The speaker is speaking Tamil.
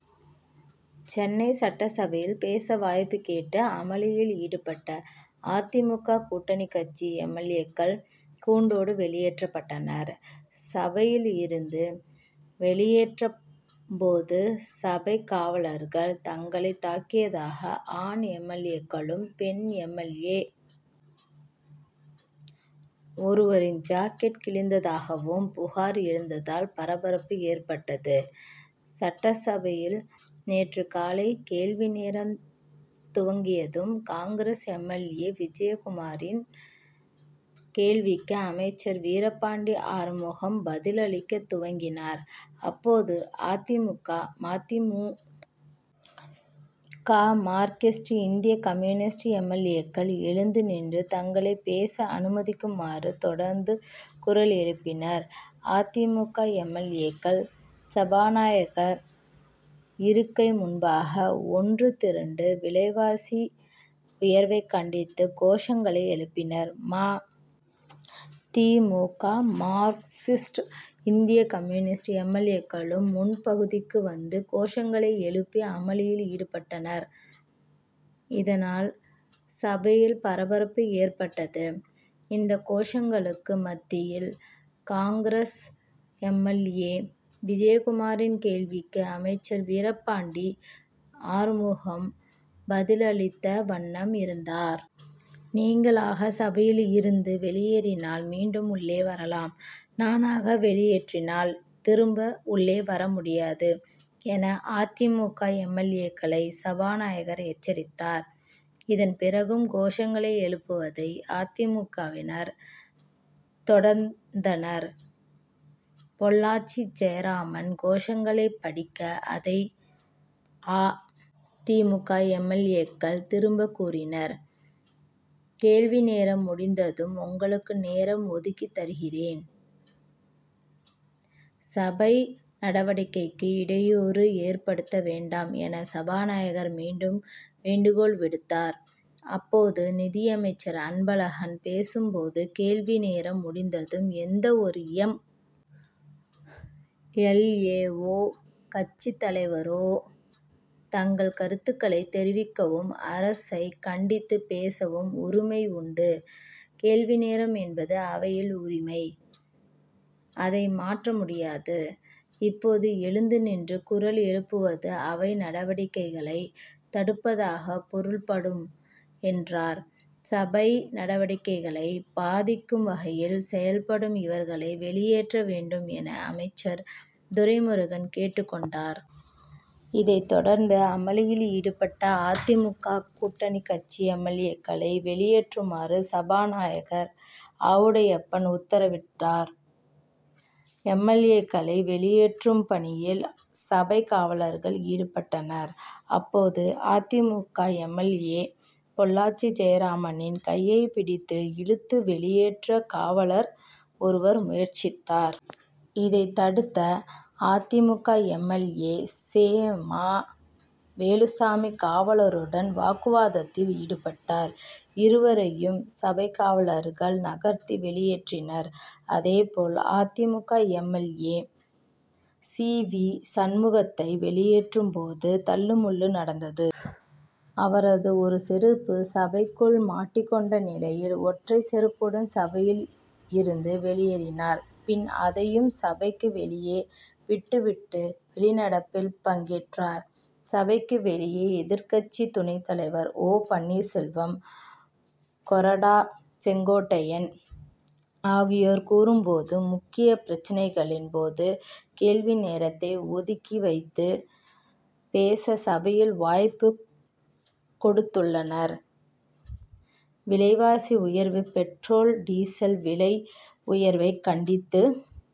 சென்னை சட்டசபையில் பேச வாய்ப்பு கேட்டு அமளியில் ஈடுபட்ட அ. தி. மு. க. கூட்டணிக் கட்சி எம். எல். ஏ.க்கள் கூண்டோடு வெளியேற்றப்பட்டனர். சபையில் இருந்து வெளியேற்றும்போது சபைக் காவலர்கள் தங்களை தாக்கியதாக ஆண் எல். எல். ஏ.க்களும் பெண் எம். எல். ஏ. ஒருவரின் ஜாக்கெட் கிழிந்ததாகவும் புகார் எழுந்ததால் பரபரப்பு ஏற்பட்டது. சட்டசபையில் நேற்று காலை கேள்வி நேரம் துவங்கியதும் காங்கிரஸ் எம். எல். ஏ. விஜயகுமாரின் கேள்விக்கு அமைச்சர் வீரபாண்டி ஆறுமுகம் பதில் அளிக்கத் துவங்கினார். அப்போது அ. தி. மு. க. ம. தி. மு. க. மார்க்கிஸ்ட் இந்திய கம்யூனிஸ்ட் எம். எல். ஏ.க்கள் எழுந்து நின்று தங்களை பேச அனுமதிக்குமாறு தொடர்ந்து குரல் எழுப்பினர். அ. தி. மு. க. எம். எல். ஏ.க்கள் சபாநாயகர் இருக்கை முன்பாக ஒன்று திரண்டு விலைவாசி உயர்வைக் கண்டித்து கோஷங்களை எழுப்பினர். ம. தி. மு. க. மார்க்சிஸ்ட் இந்திய கம்யூனிஸ்ட் எம். எல். ஏ.க்களும் முன்பகுதிக்கு வந்து கோஷங்களை எழுப்பி அமளியில் ஈடுபட்டனர். இதனால் சபையில் பரபரப்பு ஏற்பட்டது. இந்த கோஷங்களுக்கு மத்தியில் காங்கிரஸ் எம். எல். ஏ. விஜயகுமாரின் கேள்விக்கு அமைச்சர் வீரபாண்டி ஆறுமுகம் பதில் அளித்த வண்ணம் இருந்தார். நீங்களாக சபையில் இருந்து வெளியேறினால் மீண்டும் உள்ளே வரலாம். நானாக வெளியேற்றினால் திரும்ப உள்ளே வர முடியாது என அ. தி. மு. க. எம். எல். ஏ.க்களை சபாநாயகர் எச்சரித்தார். இதன் பிறகும் கோஷங்களை எழுப்புவதை அ. தி. மு. க.வினர் தொடர்ந்தனர். பொள்ளாச்சி ஜெயராமன் கோஷங்களை படிக்க அதை அ. தி. மு. க. எம். எல். ஏ.க்கள் திரும்ப கூறினர். கேள்வி நேரம் முடிந்ததும் உங்களுக்கு நேரம் ஒதுக்கித் தருகிறேன். சபை நடவடிக்கைக்கு இடையூறு ஏற்படுத்த வேண்டாம் என சபாநாயகர் மீண்டும் வேண்டுகோள் விடுத்தார். அப்போது நிதியமைச்சர் அன்பழகன் பேசும்போது கேள்வி நேரம் முடிந்ததும் எந்தவொரு எம். எல். ஏ.வோ கட்சித் தலைவரோ தங்கள் கருத்துகளை தெரிவிக்கவும் அரசை கண்டித்துப் பேசவும் உரிமை உண்டு. கேள்வி நேரம் என்பது அவையில் உரிமை. அதை மாற்ற முடியாது. இப்போது எழுந்து நின்று குரல் எழுப்புவது அவை நடவடிக்கைகளை தடுப்பதாக பொருள்படும் என்றார். சபை நடவடிக்கைகளை பாதிக்கும் வகையில் செயல்படும் இவர்களை வெளியேற்ற வேண்டும் என அமைச்சர் துரைமுருகன் கேட்டுக் கொண்டார். இதைத் தொடர்ந்து அமளியில் ஈடுபட்ட அ. தி. மு. க. கூட்டணிக் கட்சி எம். எல். ஏ.க்களை வெளியேற்றுமாறு சபாநாயகர் ஆவுடையப்பன் உத்தரவிட்டார். எம். எல். ஏ.க்களை வெளியேற்றும் பணியில் சபைக்காவலர்கள் ஈடுபட்டனர். அப்போது அ. தி. மு. க. எம். எல். ஏ. பொள்ளாச்சி ஜெயராமனின் கையைப் பிடித்து இழுத்து வெளியேற்ற காவலர் ஒருவர் முயற்சித்தார். இதை தடுத்த அ. தி. மு. க. எம். எல். ஏ. செ. ம. வேலுச்சாமி காவலருடன் வாக்குவாதத்தில் ஈடுபட்டார். இருவரையும் சபைக்காவலர்கள் நகர்த்தி வெளியேற்றினர். அதே போல் அ. தி. மு. க. M. L. A. C. V. சண்முகத்தை வெளியேற்றும்போது தள்ளுமுள்ளு நடந்தது. அவரது ஒரு செருப்பு சபைக்குள் மாட்டிக் கொண்ட நிலையில் ஒற்றை செருப்புடன் சபையில் இருந்து வெளியேறினார். பின் அதையும் சபைக்கு வெளியே விட்டு விட்டு வெளிநடப்பில் பங்கேற்றார். சபைக்கு வெளியே எதிர்க்கட்சி துணைத் தலைவர் ஓ. பன்னீர்செல்வம் கொறடா செங்கோட்டையன் ஆகியோர் கூறும்போது முக்கியப் பிரச்னைகளின் போது கேள்வி நேரத்தை ஒதுத்தி வைத்து பேச சபையில் வாய்ப்பு கொடுத்துள்ளனர். விலைவாசி உயர்வு பெட்ரோல் டீசல் விலை உயர்வைக் கண்டித்து